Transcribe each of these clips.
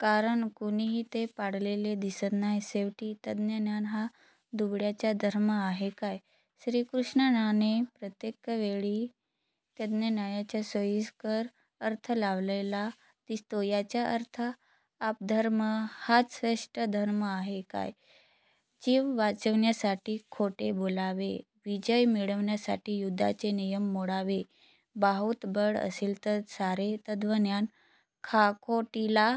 कारण कुणीही ते पाळलेले दिसत नाही. शेवटी तत्वज्ञान हा दुबळ्यांचा धर्म आहे काय? श्रीकृष्णाने प्रत्येकवेळी तत्वज्ञानाचा सोयीस्कर अर्थ लावलेला दिसतो. याचा अर्थ आपदधर्म हाच सर्वश्रेष्ठ धर्म आहे काय? जीव वाचविण्यासाठी खोटे बोलावे, विजय मिळविण्यासाठी युद्धाचे नियम मोडावे, बाहुंत बळ असेल तर सारे तत्वज्ञान काखोटीला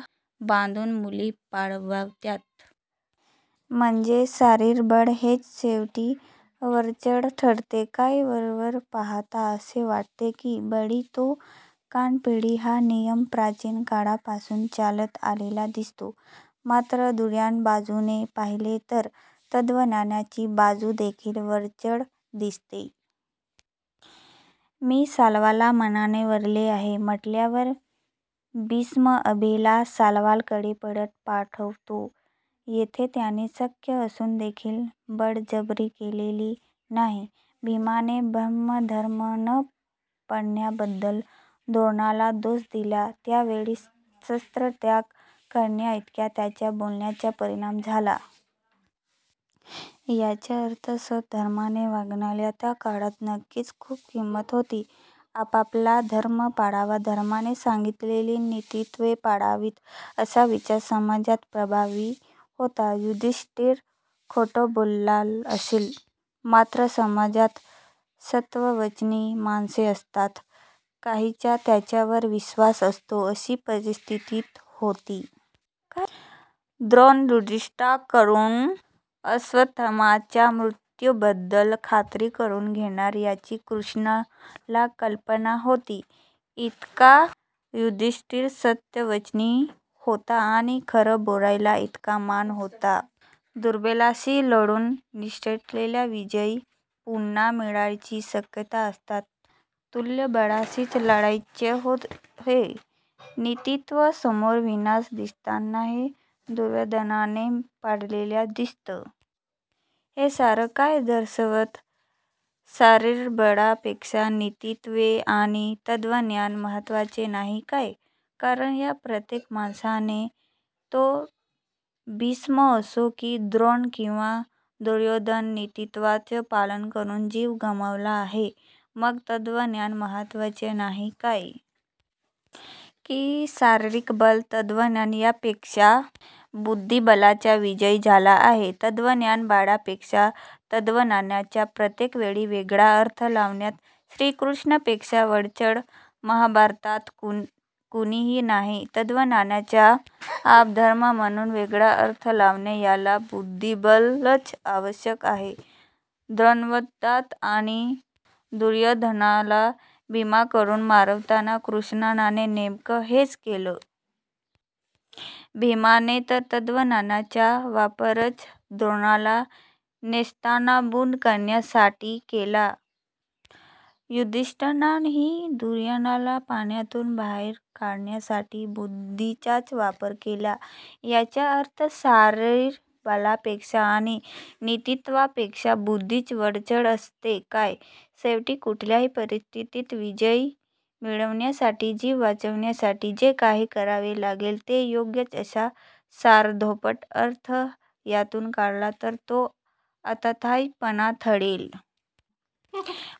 बांधुन मुली पळवाव्यात. म्हणजे शारीर बळ हेच शेवटी वरचढ ठरते काय? वरवर पाहता असे वाटते कि बळी तो कान पिळी हा नियम प्राचिन काळापासुन चालत आलेला दिसतो. मात्र दुर्या बाजुने पाहीले तर तत्वज्ञानाची बाजुदेखिल वरचढ दिसते. मी शाल्वाला मनाने वरले आहे म्हटल्यावर भीष्म अंबेला शाल्वाकडे परत पाठवतो. येथे त्याने शक्य असुनदेखिल बळजबरी केलेली नाही. भीमाने ब्रह्मणधर्म न पाळल्याबद्दल द्रोणाला दोष दिला त्यावेळी शस्त्र त्याग करण्याइतका त्याच्या बोलण्याचा परिणाम झाला. याचा अर्थ स्वधर्माने वागण्याला त्या काळात नक्कीच खुप किंमत होती. आपापला धर्म पाळावा, धर्माने सांगितलेली नीतीत्त्वे पाळावीत असा विचार समाजात प्रभावी होता. युधिष्ठीर खोटं बोलला असेल मात्र समाजात सत्यवचनी माणसे असतात. काहींचा त्यांच्यावर विश्वास असतो अशी परिस्थीती होती. द्रोण युधिष्ठीराकडुन अश्वत्थाम्याच्या मृत्युबद्दल खात्री करुन घेणार याची कृष्णाला कल्पना होती, इतका युधिष्ठीर सत्यवचनी होता आणि खरं बोलण्याला इतका मान होता. दुर्बलाशी लढुन निसटलेला विजय पुन्हा मिळण्याची शक्यता असताना तुल्यबळाशीच लढायचं हे नीतीतत्व समोर विनाश दिसतानाही दुर्योधनाने पाळलेलं दिसतं. हे सारं काय दर्शवतं? शारीरबळापेक्षा नीतीतत्वे आणि तत्वज्ञान महत्वाचे नाही काय? कारण या प्रत्येक माणसाने, तो भीष्म असो कि द्रोण कि दुर्योधन, नीतीतत्वाचं पालन करुन जीव गमावला आहे. मग तत्वज्ञान महत्वाचे नाही काय? कि शारिरीक बल, तत्वज्ञान यापेक्षा बुद्धीबलाचा विजय झाला आहे? तत्वज्ञान पाळण्यापेक्षा तत्वज्ञानाचा प्रत्येक वेळी वेगळा अर्थ लावण्यात श्रीकृष्णापेक्षा वरचढ महाभारतात कुणीही नाही. तत्वज्ञानाचा आपद्धर्म म्हणुन वेगळा अर्थ लावणे याला बुद्धीबलच आवश्यक आहे. द्रोणवधात आणि दुर्योधनाला भीमाकडुन मारवताना कृष्णाने नेम़कं हेच केलं. भीमाने तर तत्वज्ञानाचा वापरच द्रोणाला नेस्तनाबुत करण्यासाठी केला. युधिष्ठीरानेही दुर्योधनाला पाण्यातुन बाहेर काढण्यासाठी बुद्धीचाच वापर केला. याचा अर्थ शारीर बलापेक्षा आणि नीतीत्वापेक्षा बुद्धीच वरचढ असते काय? शेवटी कुठल्याही परिस्थीतीत विजय मिळविण्यासाठी, जीव वाचविण्यासाठी जे काही करावे लागेल ते योग्यच असा सरधोपट अर्थ यातुन काढला तर तो आततायिपणा ठरेल.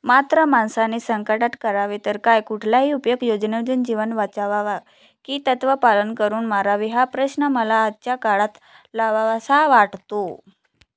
मात्र माणसाने संकटात करावे तरी काय? कुठलाही उपाय योजुन जीव वाचवावा? कि तत्वपालन करुन मरावे? हा प्रश्न मला आजच्या काळाला लावावासा वाटतो.